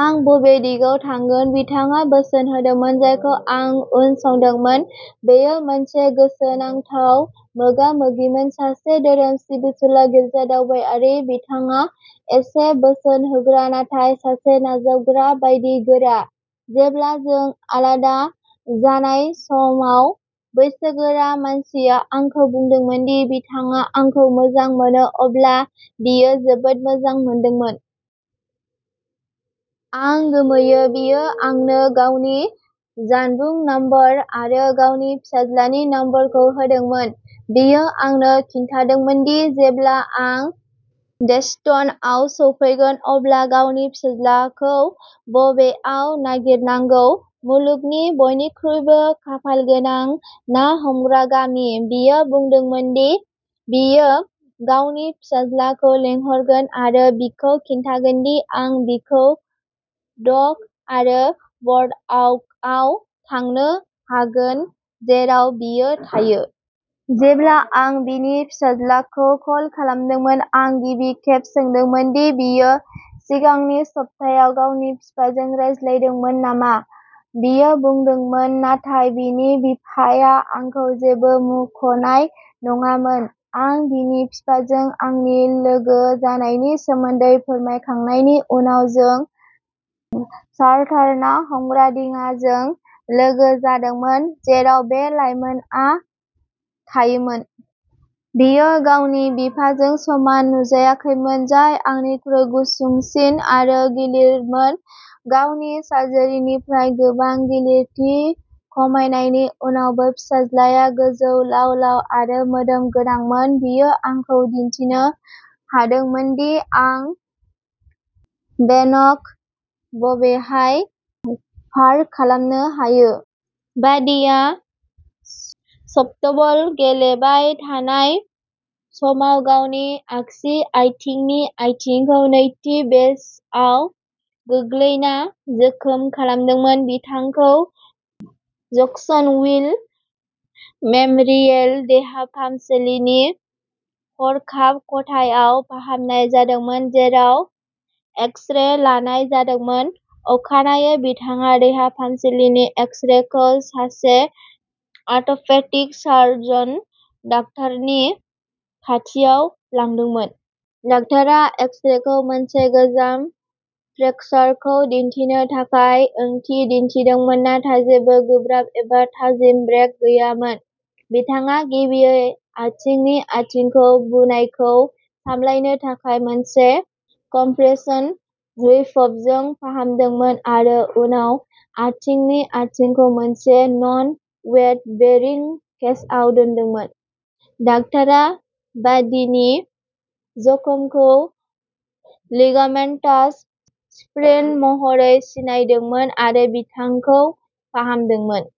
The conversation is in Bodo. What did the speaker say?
आं बबे दिगाव थांगोन? बिथाङा बोसोन होदोंमोन, जायखौ आं उनसंदोंमोन। बेयो मोनसे गोसोनांथाव मोगा-मोगिमोन। सासे धोरोम सिबिसुला गिर्जा-दावबायारि, बिथाङा एसे'बोसोन होग्रा'नाथाय सासे नावजावग्रा बायदि गोरा। जेब्ला जों आलादा जानाय समाव बैसोगोरा मानसिया आंखौ बुंदोंमोन दि बिथाङा आंखौ मोजां मोनो, अब्ला बियो जोबोद मोजां मोनदोंमोन। आं गोमोयो। बियो आंनो गावनि जानबुं नम्बर आरो गावनि फिसाज्लानि नम्बरखौ होदोंमोन। बियो आंनो खिन्थादोंमोन दि जेब्ला आं डेस्टिनआव सौफैगोन अब्ला गावनि फिसाज्लाखौ बबेहाय नागिरनांगौ, "मुलुगनि बयनिख्रुइबो खाफालगोनां ना हमग्रा गामि! "। बियो बुंदोंमोन दि बियो गावनि फिसाज्लाखौ लिंहरगोन आरो बिखौ खिन्थागोन दि आं बिखौ डक आरो बर्डवाकआव थांनो हागोन जेराव बियो थायो। जेब्ला आं बिनि फिसाज्लाखौ कल खालामदोंमोन, आं गिबि खेब सोंदोंमोन दि बियो सिगांनि सप्तायाव गावनि बिफाजों रायज्लायदोंमोन नामा। बियो बुंदोंमोन, नाथाय बिनि बिफाया आंखौ जेबो मुंख'नाय नङामोन। आं बिनि बिफाजों आंनि लोगो जानायनि सोमोन्दै फोरमायखांनायनि उनाव जों चार्टार ना हमग्रा दिङाजों लोगो जादोंमोन, जेराव बे लाइमोनआ थायोमोन। बियो गावनि बिफाजों समान नुजायाखैमोन, जाय आंनिख्रुइ गुसुंसिन आरो गिलिरमोन, गावनि सार्जारिनिफ्राय गोबां गिलिरथि खमायनायनि उनावबो। फिसाज्लाया गोजौ, लाव-लाव आरो मोदोम गोनांमोन। बियो आंखौ दिन्थिनो हादोंमोन दि आं भेनखौ बबेहाय पार्क खालामनो हायो। बादीआ सफ्टबल गेलेबाय थानाय समाव गावनि आगसि आथिंनि आथिंखौ नैथि बेसआव गोग्लैना जोखोम खालामदोंमोन। बिथांखौ जैक्सनविल मेम'रियेल देहा फाहामसालिनि हरखाब खथायाव फाहामनाय जादोंमोन, जेराव एक्स-रे लानाय जादोंमोन। अखानायै बिथाङा देहा फाहामसालिनि एक्स-रेखौ सासे आथ'पेडिक सार्जन डाक्टरनि खाथियाव लांदोंमोन। डाक्टारा एक्स-रेखौ मोनसे गोजाम फ्रेकसारखौ दिन्थिनो थाखाय ओंथि दिन्थिदोंमोन, नाथाय जेबो गोब्राब एबा थाजिम ब्रेक गैयामोन। बिथाङा गिबियै आथिंनि आथिंखौ बुनायखौ सामलायनो थाखाय मोनसे कम्प्रेशन रैपजों फाहामदोंमोन आरो उनाव आथिंनि आथिंखौ मोनसे नन-वेट बेरिं केसआव दोनदोंमोन। डाक्टारा बादीनि जखमखौ लिगामेन्टास स्प्रेइन महरै सिनायदोंमोन आरो बिथांखौ फाहामदोंमोन।